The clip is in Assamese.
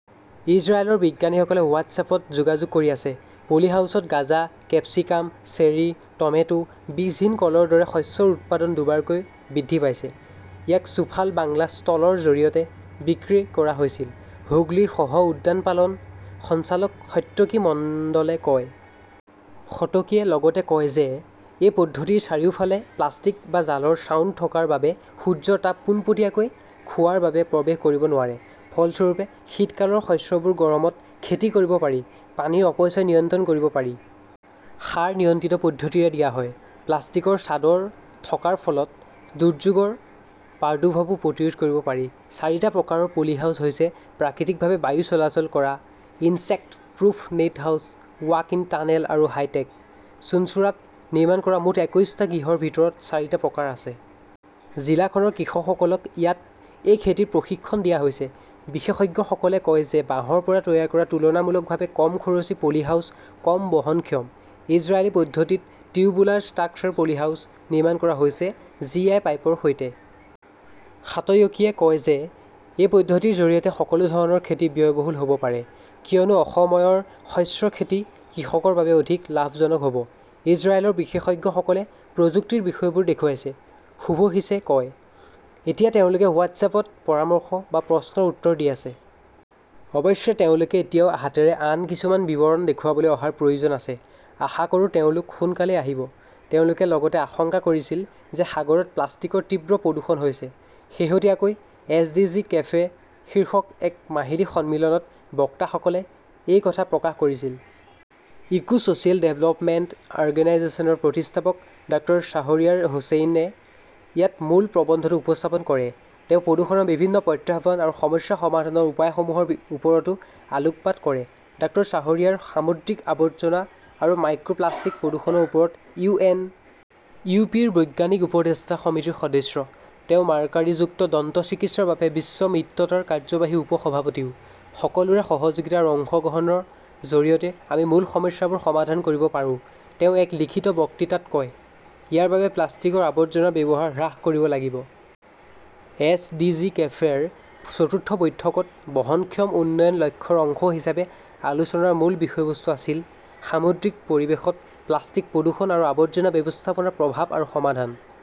ইজৰাইলৰ বিজ্ঞানীসকলে হোৱাট্ছএপত যোগাযোগ কৰি আছে। পলিহাউচত গাঁজা, কেপচিকাম, চেৰী, টমেটো, বীজহীন কলৰ দৰে শস্যৰ উৎপাদন দুবাৰকৈ বৃদ্ধি পাইছে। ইয়াক চুফাল বাংলা ষ্টলৰ জৰিয়তে বিক্ৰী কৰা হৈছিল, হুগলীৰ সহ-উদ্যানপালন সঞ্চালক সত্যকী মণ্ডলে কয়। সতকীয়ে লগতে কয় যে এই পদ্ধতিৰ চাৰিওফালে প্লাষ্টিক বা জালৰ ছাউণ্ড থকাৰ বাবে সূৰ্যৰ তাপ পোনপটীয়াকৈ খোৱাৰ বাবে প্ৰৱেশ কৰিব নোৱাৰে। ফলস্বৰূপে, শীতকালৰ শস্যবোৰ গৰমত খেতি কৰিব পাৰি। পানীৰ অপচয় নিয়ন্ত্ৰণ কৰিব পাৰি। সাৰ নিয়ন্ত্ৰিত পদ্ধতিৰে দিয়া হয়। প্লাষ্টিকৰ চাদৰ থকাৰ ফলত দুৰ্যোগৰ প্ৰাদুৰ্ভাৱো প্ৰতিৰোধ কৰিব পাৰি। চাৰিটা প্ৰকাৰৰ পলিহাউছ হৈছে প্ৰাকৃতিকভাৱে বায়ু চলাচল কৰা, insect proof net house, walk in tunnel আৰু হাইটেক। চুঞ্চুৰাত নিৰ্মাণ কৰা মুঠ একৈশটা গৃহৰ ভিতৰত চাৰিটা প্ৰকাৰ আছে। জিলাখনৰ কৃষকসকলক ইয়াত এই খেতিৰ প্ৰশিক্ষণ দিয়া হৈছে। বিশেষজ্ঞসকলে কয় যে বাঁহৰ পৰা তৈয়াৰ কৰা তুলনামূলকভাৱে কম খৰচী পলিহাউছ কম বহনক্ষম। ইজৰাইলী পদ্ধতিত 'টিউবুলাৰ ষ্ট্ৰাকচাৰ পলিহাউছ' নিৰ্মাণ কৰা হৈছে জি. আই. পাইপৰ সৈতে। সাতয়কীয়ে কয় যে এই পদ্ধতিৰ জৰিয়তে সকলো ধৰণৰ খেতি ব্যয়বহুল হ'ব পাৰে, কিয়নো অসময়ৰ শস্য খেতি কৃষকৰ বাবে অধিক লাভজনক হ'ব। "ইজৰাইলৰ বিশেষজ্ঞসকলে প্ৰযুক্তিৰ বিষয়বোৰ দেখুৱাইছে", শুভশিছে কয়। এতিয়া তেওঁলোকে হোৱাট্ছএপত পৰামৰ্শ বা প্ৰশ্নৰ উত্তৰ দি আছে। অৱশ্যে, তেওঁলোকে এতিয়াও হাতেৰে আন কিছুমান বিৱৰণ দেখুৱাবলৈ অহাৰ প্ৰয়োজন আছে। আশা কৰোঁ তেওঁলোক সোনকালেই আহিব। তেওঁলোকে লগতে আশংকা কৰিছিল যে সাগৰত প্লাষ্টিকৰ তীব্ৰ প্ৰদূষণ হৈছে। শেহতীয়াকৈ "এছডিজি কেফে" শীৰ্ষক এক মাহিলী সন্মিলনত বক্তাসকলে এই কথা প্ৰকাশ কৰিছিল। ইকো ছ'চিয়েল ডেভেলপমেণ্ট অৰ্গেনাইজেশ্যনৰ প্ৰতিষ্ঠাপক ডাঃ শ্বাহৰিয়াৰ হুচেইনে ইয়াত মূল প্ৰবন্ধটো উপস্থাপন কৰে। তেওঁ প্ৰদূষণৰ বিভিন্ন প্ৰত্যাহ্বান আৰু সমস্যা সমাধানৰ উপায়সমূহৰ ওপৰতো আলোকপাত কৰে। ডাঃ শ্বাহৰিয়াৰ সামুদ্ৰিক আৱৰ্জনা আৰু মাইক্ৰ'প্লাষ্টিক প্ৰদূষণৰ ওপৰত ইউ. এন. ই. পি. ৰ বৈজ্ঞানিক উপদেষ্টা সমিতিৰ সদস্য। তেওঁ মাৰ্কাৰীমুক্ত দন্তচিকিৎসাৰ বাবে বিশ্ব মিত্ৰতাৰ কাৰ্যবাহী উপ-সভাপতিও। "সকলোৰে সহযোগিতা আৰু অংশগ্ৰহণৰ জৰিয়তে আমি মূল সমস্যাবোৰ সমাধান কৰিব পাৰোঁ", তেওঁ এক লিখিত বক্তৃতাত কয়। ইয়াৰ বাবে প্লাষ্টিকৰ আৱৰ্জনাৰ ব্যৱহাৰ হ্ৰাস কৰিব লাগিব। "এছডিজি কেফে" ৰ চতুৰ্থ বৈঠকত বহনক্ষম উন্নয়ন লক্ষ্যৰ অংশ হিচাপে আলোচনাৰ মূল বিষয়বস্তু আছিল সামুদ্ৰিক পৰিৱেশত প্লাষ্টিক প্ৰদূষণ আৰু আৱৰ্জনা ব্যৱস্থাপনা প্ৰভাৱ আৰু সমাধান।